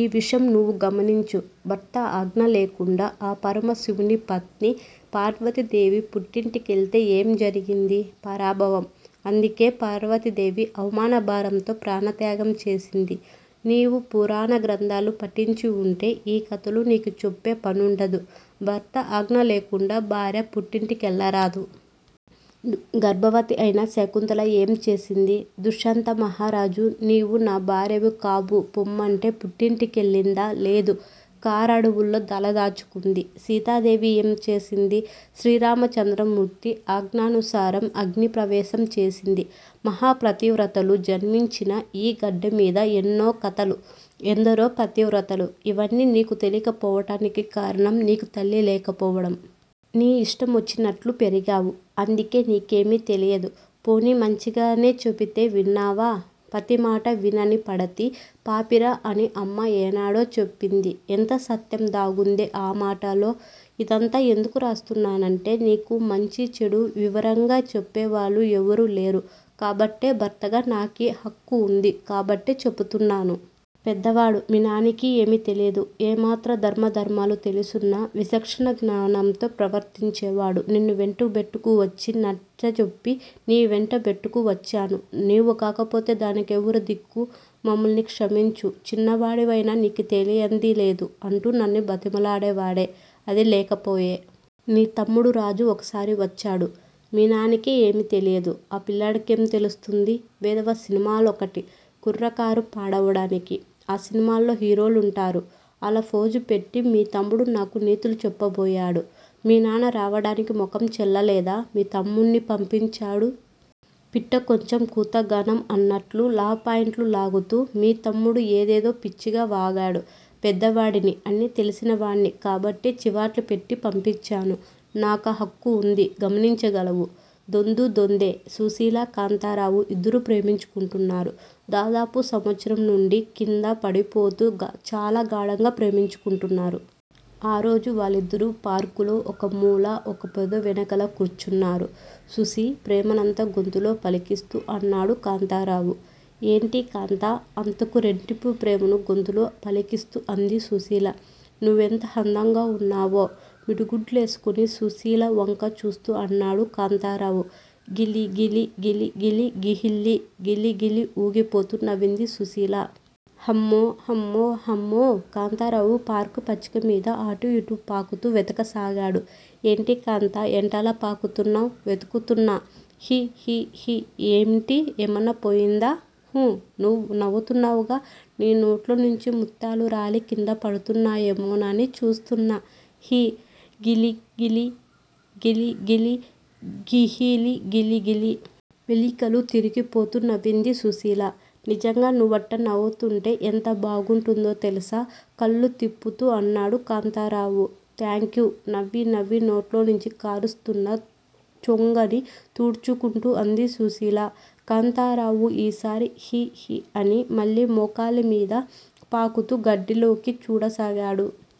ఈ విషయం నీవు గమనించు. భర్త అజ్ఞ లేకుండా ఆ పరమ శివుని పత్ని పార్వతీదేవి పుట్టింటి కెళితే ఏం జరిగింది? పరాభవం: అందుకే పార్వతీదేవి అవమానభారంతో ప్రాణత్యాగం చేసింది. నీవు పురాణ గ్రంధాలు పఠించి వుంటే ఈ కధలు నీకు చెప్పే పనుండదు. భర్త అజ్ఞ లేకుండా భార్య పుట్టింటి కెళ్ళరాదు. గర్భవతి అయిన శకుంతల ఏం చేసింది? దుష్యంత మహారాజు నీవు నా భార్యవి కావు పొమ్మంటే పుట్టింటి కెళ్ళిందా? లేదు. కారడువుల్లో తలదాచుకుంది. సీతాదేవి ఏం చేసింది? శ్రీరామచంద్రమూర్తి అజ్ఞానుసారం అగ్ని ప్రవేశం చేసింది. మహాపతివ్రతలు జన్మించిన ఈ గడ్డ మీద ఎన్నో కధలు, ఎందరో పతివ్రతలు- ఇవన్నీ నీకు తెలియక పోవటానికి కారణం నీకు తల్లి లేకపోవటం. నీ ఇష్టమొచ్చినట్లు పెరిగావు, అందుకే నీకేమి తెలియదు. పోనీ మంచిగా నే చెబితే విన్నావా! పతిమాట వినని పడతి పాపిరా అని అమ్మ ఏనాడో చెప్పింది. ఎంత సత్యం దాగుంది ఆ మాటలో, ఇదంతా ఎందుకు రాస్తున్నానంటే నీకు మంచి-చెడు వివరంగా చెప్పేవాళ్ళు ఎవ్వరు లేరు కాబట్టే భర్తగా నాకీ హక్కు వుంది కాబట్టే చెపుతున్నాను. పెద్దవాడు, మీ నాన్నకి ఏమి తెలియదు. ఏమాత్రం ధర్మా ధర్మాలు తెలిసున్నా విచక్షణ జ్ఞానంతో ప్రవర్తించేవాడు. నిన్ను వెంటబెట్టుకు వచ్చి, నచ్చజెప్పి నే వెంటబెట్టుకు వచ్చాను, నీవు గాకపోతే దానికెవరు దిక్కు, మమ్మల్ని క్షమించు చిన్నవాడివయినా నీకు తెలియంది లేదు అంటూ నన్ను బతిమిలాడేవాడే, అది లేకపోయె. నీ తమ్ముడు రాజు ఓసారి వచ్చాడు. మీనాన్నకే ఏమి తెలియదు, ఆ పిల్లాడికేం తెలిస్తుంది? వెధవ సినిమలోకటి, కుర్రకారు పాడవటానికి, ఆ సినిమాల్లో హిరోలుంటారు. అలా ఫోజు పెట్టి మీ తమ్ముడు నాకు నీతులు చెప్పబోయాడు, మీ నాన్న రావటానికి ముఖం చెల్లలేదా? మీ తమ్ముణ్ని పంపించాడు? పిట్ట కొంచం కూత ఘనం అన్నట్లు లాపాయింట్లు లాగుతూ మీ తమ్ముడు ఏదేదో పిచ్చిగా వాగాడు. పెద్దవాడిని, అన్ని తెలిసినవాడిని కాబట్టి చివాట్లు పెట్టి పంపించాను. నాకా హక్కు వుంది. గమనించగలవు. దొందూ దొందే సుశీలా, కాంతారావు ఇద్దరూ ప్రేమించుకుంటున్నారు. దాదాపు సంవత్సరం నుండీ కిందా పడిపోతూ చాలా గాఢంగా ప్రేమించుకుంటున్నారు. ఆరోజు వాళ్లిద్దరూ పార్కులో ఓ మూల ఓ పొదవెనకాల కూర్చున్నారు. సుశీ ప్రేమనంతా గొంతులో పలికిస్తూ అన్నాడు కాంతారావు. ఏంటి కాంతా అంతకు రెట్టింపు ప్రేమను గొంతులో పలికిస్తూ అంది సుశీల. నువ్వెంత హందంగా ఉన్నవో?! మిడిగుడ్లేస్కుని సుశీల వంక చూస్తూ అన్నాడు కాంతారావు. గిలి గిలిగిలిగిలి గిహ్హిలి గిలిగిలి ఊగిపోతూ నవ్వింది సుశీల. హమ్మో హమ్మో హమ్మో కాంతారావు పార్కు పచ్చికమీద అటూ ఇటూ పాకుతూ వెతకసాగాడు. ఏంటి కాంతా ఏంటలా పాకుతున్నావ్? వెతుకుతున్నా హి హిహి ఏంటి? ఏమన్నా పోయిందా? ఉహు నువ్ నవ్వుతున్నావ్ గా నీ నోట్లోంచి ముత్యాలు రాలి కింద పడ్తున్నాయేమోనని చూస్తున్నా హి గిలి గిలి గిలిగిలి గిహ్హిలిగిలి గిలి! మెలికలు తిరిగిపోతూ నవ్వింది సుశీల. నిజ్జంగా నువ్వట్టా నవ్వుతుంటే ఎంత బాగుంటుందో తెల్సా? కళ్ళు తిప్పుతూ అన్నాడు కాంతారావు. థాంక్యూ నవ్వీ నవ్వీ నోట్లోంచి కార్తున్న చొంగని తుడ్చుకుంటూ అంది సుశీల. కాంతారావు ఓసారి హిహి అని మళ్ళీ మోకాలి మీద పాకుతూ గడ్డిలోకి చూడసాగాడు.